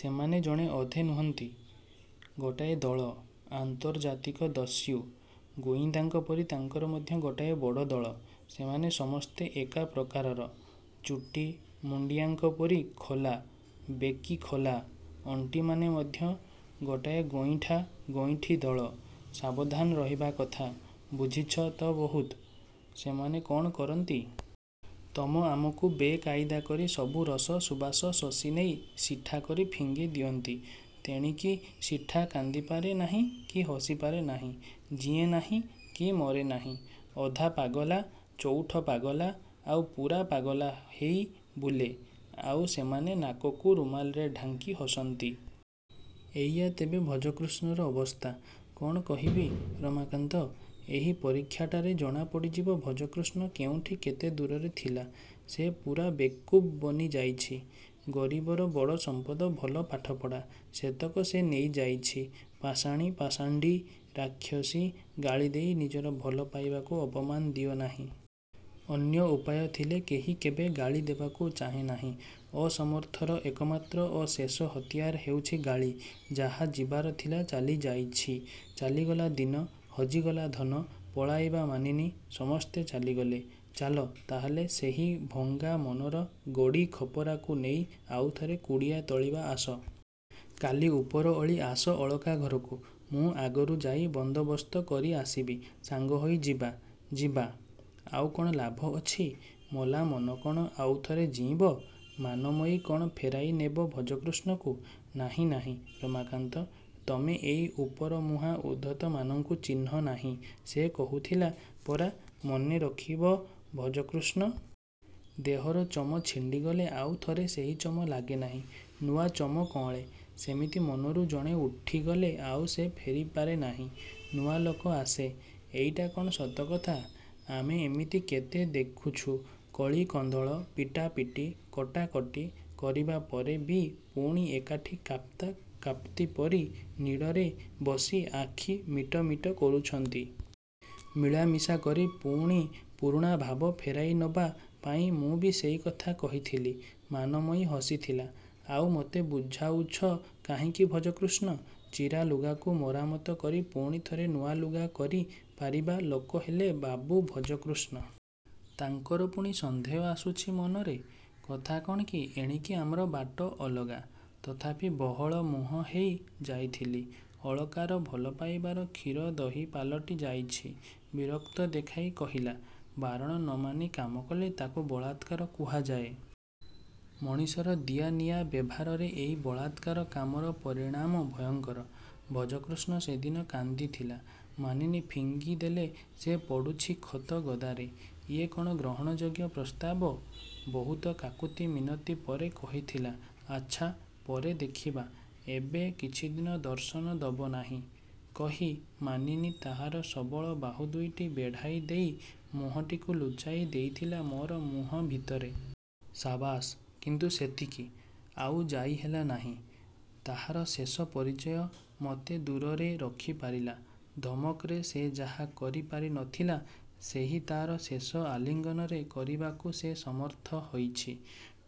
ସେମାନେ ଜଣେ ଅଧେ ନୁହଁନ୍ତି। ଗୋଟାଏ ଦଳ। ଆନ୍ତର୍ଜାତିକ ଦସ୍ୟୁ, ଗୁଇନ୍ଦାଙ୍କ ପରି ତାଙ୍କର ମଧ୍ୟ ଗୋଟାଏ ବଡ଼ ଦଳ। ସେମାନେ ସମସ୍ତେ ଏକା ପ୍ରକାରର-ଚୁଟି-ମୁଣ୍ଡିଆଙ୍କ ପରି ଖୋଲା-ବେକି, ଖୋଲା-ଅଣ୍ଟିମାନେ ମଧ୍ୟ ଗୋଟାଏ ଗଇଁଠା-ଗଇଁଠି ଦଳ। -ସାବଧାନ ରହିବା କଥା। -ବୁଝିଛ ତ ବହୁତ। ସେମାନେ କ'ଣ କରନ୍ତି? -ତମ ଆମକୁ ବେ-କାଇଦା କରି ସବୁ ରସ, ସୁବାସ ଶୋଷି ନେଇ ସିଠାକରି ଫିଙ୍ଗି ଦିଅନ୍ତି। ତେଣିକି ସିଠା କାନ୍ଦିପାରେ ନାହିଁ କି ହସି ପାରେ ନାହିଁ। ଜୀଏଁ ନାହିଁ କି ମରେ ନାହିଁ-। ଅଧା-ପାଗଲା, ଚଉଠ-ପାଗଲା ଆଉ ପୂରା-ପାଗଲା ହେଇ ବୁଲେ। ଆଉ ସେମାନେ ନାକକୁ ରୁମାଲରେ ଢାଙ୍କି ହସନ୍ତି। -ଏଇଆ ତେବେ ଭଜକୃଷ୍ଣର ଅବସ୍ଥା। -କ'ଣ କହିବି ରମାକାନ୍ତ। ଏହି ପରୀକ୍ଷାଟାରେ ଜଣା ପଡ଼ିଯିବ ଭଜକୃଷ୍ଣ କେଉଁଠି କେତେ ଦୂରରେ ଥିଲା। ସେ ପୂରା ବେକୁବ୍ ବନି ଯାଇଛି। ଗରିବର ବଡ଼ ସମ୍ପଦ ଭଲ ପାଠପଢ଼ା। ସେତକ ସେ ନେଇ ଯାଇଛି-ପାଷାଣୀ, ପାଷଣ୍ଡୀ, ରାକ୍ଷସୀ -ଗାଳି ଦେଇ ନିଜର ଭଲ ପାଇବାକୁ ଅପମାନ ଦିଅ ନାହିଁ। -ଅନ୍ୟ ଉପାୟ ଥିଲେ କେହି କେବେ ଗାଳି ଦେବାକୁ ଚାହେଁ ନାହିଁ। ଅସମର୍ଥର ଏକମାତ୍ର ଓ ଶେଷ ହତିଆର ହେଉଛି-ଗାଳି। -ଯାହା ଯିବାର ଥିଲା ଚାଲି ଯାଇଛି। ଚାଲିଗଲା ଦିନ, ହଜିଗଲା ଧନ, ପଳାଇବା ମାନିନୀ-ସମସ୍ତେ ଚାଲିଗଲେ। ଚାଲ, ତାହେଲେ ସେହି ଭଙ୍ଗା ମନର ଗୋଡ଼ି ଖପରାକୁ ନେଇ ଆଉଥରେ କୁଡ଼ିଆ ତୋଳିବା ଆସ। କାଲି ଉପର ଓଳି ଆସ ଅଳକା ଘରକୁ। ମୁଁ ଆଗରୁ ଯାଇ ବନ୍ଦୋବସ୍ତ କରି ଆସିବି-ସାଙ୍ଗ ହୋଇ ଯିବା। -ଯିବା? ଆଉ କ'ଣ ଲାଭ ଅଛି? ମଲା ମନ କ'ଣ ଆଉଥରେ ଜୀଇଁବ? ମାନମୟୀ କ'ଣ ଫେରାଇ ନେବ ଭଜକୃଷ୍ଣକୁ? -ନାହିଁ-ନାହିଁ-ରମାକାନ୍ତ। ତମେ ଏଇ ଉପର-ମୁହାଁ ଉଦ୍ଧତମାନଙ୍କୁ ଚିହ୍ନ ନାହିଁ ସେ କହୁଥିଲା ପରା -ମନେ ରଖିବ ଭଜକୃଷ୍ଣ। ଦେହର ଚମ ଛିଣ୍ଡିଗଲେ ଆଉ ଥରେ ସେହି ଚମ ଲାଗେ ନାହିଁ। ନୂଆ ଚମ କଅଁଳେ। ସେମିତି ମନରୁ ଜଣେ ଉଠିଗଲେ ଆଉ ସେ ଫେରିପାରେ ନାହିଁ। ନୂଆ ଲୋକ ଆସେ। -ଏଇଟା କ'ଣ ସତକଥା? ଆମେ ଏମିତି କେତେ ଦେଖୁଛୁ-କଳି କନ୍ଦଳ, ପିଟାପିଟି, କଟାକଟି କରିବା ପରେ ବି ପୁଣି ଏକାଠି କାପ୍ତା କାପ୍ତିପରି ନୀଡ଼ରେ ବସି ଆଖି ମିଟମିଟ କରୁଛନ୍ତି। -ମିଳାମିଶା କରି ପୁଣି ପୁରୁଣା ଭାବ ଫେରାଇ ନବା ପାଇଁ ମୁଁ ବି ସେଇକଥା କହିଥିଲି-। -ମାନମୟୀ ହସିଥିଲା। ଆଉ ମତେ ବୁଝାଉଛ କାହିଁକି ଭଜକୃଷ୍ଣ! ଚିରା ଲୁଗାକୁ ମରାମତ କରି ପୁଣି ଥରେ ନୂଆ ଲୁଗା କରି ପାରିବା ଲୋକ ହେଲେ ବାବୁ ଭଜକୃଷ୍ଣ। ତାଙ୍କର ପୁଣି ସନ୍ଦେହ ଆସୁଛି ମନରେ? କଥା କ'ଣ କି ଏଣିକି ଆମର ବାଟ ଅଲଗା। ତଥାପି ବହଳ ମୁହଁ ହେଇ ଯାଇଥିଲି। ଅଳକାର ଭଲପାଇବାର କ୍ଷୀର ଦହି ପାଲଟି ଯାଇଛି। ବିରକ୍ତ ଦେଖାଇ କହିଲା-ବାରଣ ନ ମାନି କାମ କଲେ ତା'କୁ ବଳାତ୍କାର କୁହାଯାଏ। ମଣିଷର ଦିଆ-ନିଆ ବେଭାରରେ ଏଇ ବଳାତ୍କାର କାମର ପରିଣାମ ଭୟଙ୍କର। -ଭଜକୃଷ୍ଣ ସେଦିନ କାନ୍ଦିଥିଲା। ମାନିନୀ ଫିଙ୍ଗି ଦେଲେ ସେ ପଡ଼ୁଛି ଖତଗଦାରେ। ଇଏ କ'ଣ ଗ୍ରହଣଯୋଗ୍ୟ ପ୍ରସ୍ତାବ? ବହୁତ କାକୁତିମିନତି ପରେ କହିଥିଲା-ଆଚ୍ଛା, ପରେ ଦେଖିବା ଏବେ କିଛିଦିନ ଦର୍ଶନ ଦବ ନାହିଁ। କହି ମାନିନୀ ତାହାର ସବଳ ବାହୁ ଦୁଇଟି ବେଢ଼ାଇ ଦେଇ ମୁହଁଟିକୁ ଲୁଚାଇ ଦେଇଥିଲା ମୋର ମୁହଁ ଭିତରେ। -ସାବାସ୍। -କିନ୍ତୁ ସେତିକି। ଆଉ ଯାଇ ହେଲା ନାହିଁ। ତାହାର ଶେଷ ପରିଚୟ ମତେ ଦୂରରେ ରଖି ପାରିଲା। ଧମକରେ ସେ ଯାହା କରି ପାରି ନ ଥିଲା ସେହି ତାର ଶେଷ ଆଲିଙ୍ଗନରେ କରିବାକୁ ସେ ସମର୍ଥ ହୋଇଛି।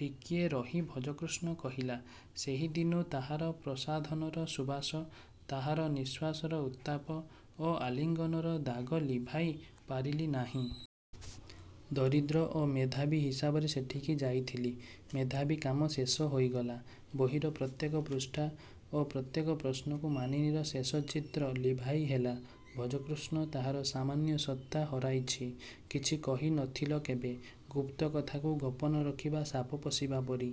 ଟିକିଏ ରହି ଭଜକୃଷ୍ଣ କହିଲା-ସେହିଦିନୁ ତାହାର ପ୍ରସାଧନର ସୁବାସ, ତାହାର ନିଶ୍ୱାସର ଉତ୍ତାପ ଓ ଆଲିଙ୍ଗନର ଦାଗ ଲିଭାଇ ପାରିଲି ନାହିଁ। ଦରିଦ୍ର ଓ ମେଧାବୀ ହିସାବରେ ସେଠିକି ଯାଇଥିଲି। ମେଧାବୀ କାମ ଶେଷ ହୋଇଗଲା। ବହିର ପ୍ରତ୍ୟେକ ପୃଷ୍ଠା ଓ ପ୍ରତ୍ୟେକ ପ୍ରଶ୍ନକୁ ମାନିନୀର ଶେଷ ଚିତ୍ର ଲିଭାଇ ହେଲା। ଭଜକୃଷ୍ଣ ତାହାର ସାମନ୍ୟ ସତ୍ତା ହରାଇଛି। -କିଛି କହି ନ ଥିଲ କେବେ। -ଗୁପ୍ତ କଥାକୁ ଗୋପନ ରଖିବା ସାପ ପୋଷିବା ପରି।